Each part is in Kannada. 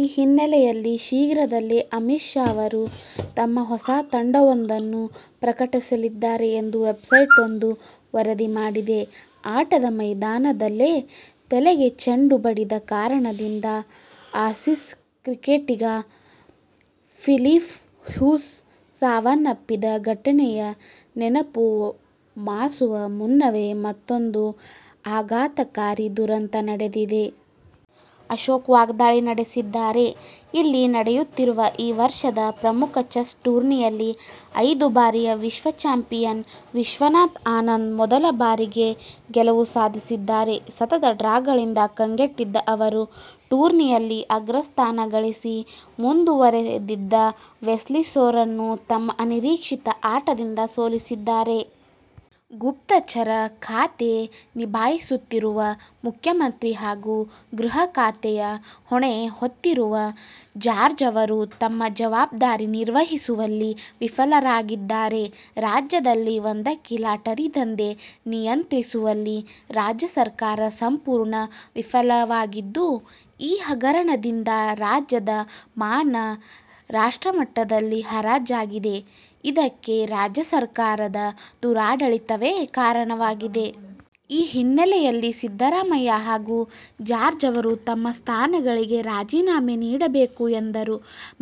ಈ ಹಿನ್ನೆಲೆಯಲ್ಲಿ ಶೀಘ್ರದಲ್ಲೇ ಅಮಿತ್ ಶಾ ಅವರು ತಮ್ಮ ಹೊಸ ತಂಡವೊಂದನ್ನು ಪ್ರಕಟಿಸಲಿದ್ದಾರೆ ಎಂದು ವೆಬ್ಸೈಟೊಂದು ವರದಿ ಮಾಡಿದೆ. ಆಟದ ಮೈದಾನದಲ್ಲೇ ತಲೆಗೆ ಚೆಂಡು ಬಡಿದ ಕಾರಣದಿಂದ ಆಸೀಸ್ ಕ್ರಿಕೆಟಿಗ ಫಿಲಿಪ್ ಹ್ಯೂಸ್ ಸಾವನ್ನಪ್ಪಿದ್ದ ಘಟನೆಯ ನೆನಪು ಮಾಸುವ ಮುನ್ನವೇ ಮತ್ತೊಂದು ಆಘಾತಕಾರಿ ದುರಂತ ನಡೆದಿದೆ. ಅಶೋಕ್ ವಾಗ್ದಾಳಿ ನಡೆಸಿದ್ದಾರೆ. ಇಲ್ಲಿ ನಡೆಯುತ್ತಿರುವ ಈ ವರ್ಷದ ಪ್ರಮುಖ ಚೆಸ್ ಟೂರ್ನಿಯಲ್ಲಿ ಐದು ಬಾರಿಯ ವಿಶ್ವಚಾಂಪಿಯನ್ ವಿಶ್ವನಾಥನ್ ಆನಂದ್ ಮೊದಲ ಬಾರಿಗೆ ಗೆಲುವು ಸಾಧಿಸಿದ್ದಾರೆ. ಸತತ ಡ್ರಾಗಳಿಂದ ಕಂಗೆಟ್ಟಿದ್ದ ಅವರು ಟೂರ್ನಿಯಲ್ಲಿ ಅಗ್ರಸ್ಥಾನ ಗಳಿಸಿ ಮುಂದುವರೆದಿದ್ದ ವೆಸ್ಲಿ ಸೋರನ್ನು ತಮ್ಮ ಅನಿರೀಕ್ಷಿತ ಆಟದಿಂದ ಸೋಲಿಸಿದ್ದಾರೆ. ಗುಪ್ತಚರ ಖಾತೆ ನಿಭಾಯಿಸುತ್ತಿರುವ ಮುಖ್ಯಮಂತ್ರಿ ಹಾಗೂ ಗೃಹ ಖಾತೆಯ ಹೊಣೆ ಹೊತ್ತಿರುವ ಜಾರ್ಜ್ ಅವರು ತಮ್ಮ ಜವಾಬ್ದಾರಿ ನಿರ್ವಹಿಸುವಲ್ಲಿ ವಿಫಲರಾಗಿದ್ದಾರೆ. ರಾಜ್ಯದಲ್ಲಿ ಒಂದಂಕಿ ಲಾಟರಿ ದಂಧೆ ನಿಯಂತ್ರಿಸುವಲ್ಲಿ ರಾಜ್ಯ ಸರ್ಕಾರ ಸಂಪೂರ್ಣ ವಿಫಲವಾಗಿದ್ದು, ಈ ಹಗರಣದಿಂದ ರಾಜ್ಯದ ಮಾನ ರಾಷ್ಟ್ರಮಟ್ಟದಲ್ಲಿ ಹರಾಜಾಗಿದೆ. ಇದಕ್ಕೆ ರಾಜ್ಯ ಸರ್ಕಾರದ ದುರಾಡಳಿತವೇ ಕಾರಣವಾಗಿದೆ. ಈ ಹಿನ್ನೆಲೆಯಲ್ಲಿ ಸಿದ್ದರಾಮಯ್ಯ ಹಾಗೂ ಜಾರ್ಜ್ ಅವರು ತಮ್ಮ ಸ್ಥಾನಗಳಿಗೆ ರಾಜೀನಾಮೆ ನೀಡಬೇಕು ಎಂದರು.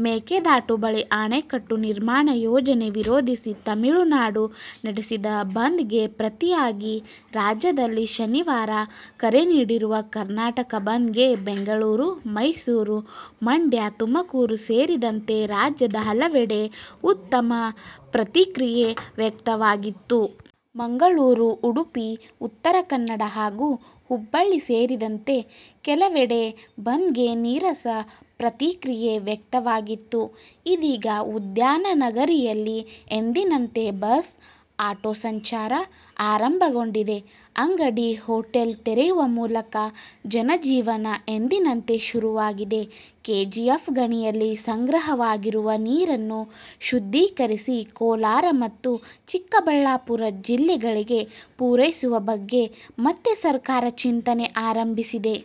ಮೇಕೆದಾಟು ಬಳಿ ಅಣೆಕಟ್ಟು ನಿರ್ಮಾಣ ಯೋಜನೆ ವಿರೋಧಿಸಿ ತಮಿಳುನಾಡು ನಡೆಸಿದ ಬಂದ್ ಗೆ ಪ್ರತಿಯಾಗಿ ರಾಜ್ಯದಲ್ಲಿ ಶನಿವಾರ ಕರೆ ನೀಡಿರುವ ಕರ್ನಾಟಕ ಬಂದ್ ಗೆ ಬೆಂಗಳೂರು, ಮೈಸೂರು, ಮಂಡ್ಯ, ತುಮಕೂರು ಸೇರಿದಂತೆ ರಾಜ್ಯದ ಹಲವೆಡೆ ಉತ್ತಮ ಪ್ರತಿಕ್ರಿಯೆ ವ್ಯಕ್ತವಾಗಿತ್ತು. ಮಂಗಳೂರು, ಉಡುಪಿ, ಉತ್ತರ ಕನ್ನಡ ಹಾಗೂ ಹುಬ್ಬಳ್ಳಿ ಸೇರಿದಂತೆ ಕೆಲವೆಡೆ ಬಂದ್ ಗೆ ನೀರಸ ಪ್ರತಿಕ್ರಿಯೆ ವ್ಯಕ್ತವಾಗಿತ್ತು. ಇದೀಗ ಉದ್ಯಾನನಗರಿಯಲ್ಲಿ ಎಂದಿನಂತೆ ಬಸ್, ಆಟೋ ಸಂಚಾರ ಆರಂಭಗೊಂಡಿದೆ. ಅಂಗಡಿ, ಹೋಟೆಲ್ ತೆರೆಯುವ ಮೂಲಕ ಜನಜೀವನ ಎಂದಿನಂತೆ ಶುರುವಾಗಿದೆ. ಕೆಜಿಎಫ್ ಗಣಿಯಲ್ಲಿ ಸಂಗ್ರಹವಾಗಿರುವ ನೀರನ್ನು ಶುದ್ಧೀಕರಿಸಿ ಕೋಲಾರ ಮತ್ತು ಚಿಕ್ಕಬಳ್ಳಾಪುರ ಜಿಲ್ಲೆಗಳಿಗೆ ಪೂರೈಸುವ ಬಗ್ಗೆ ಮತ್ತೆ ಸರ್ಕಾರ ಚಿಂತನೆ ಆರಂಭಿಸಿದೆ.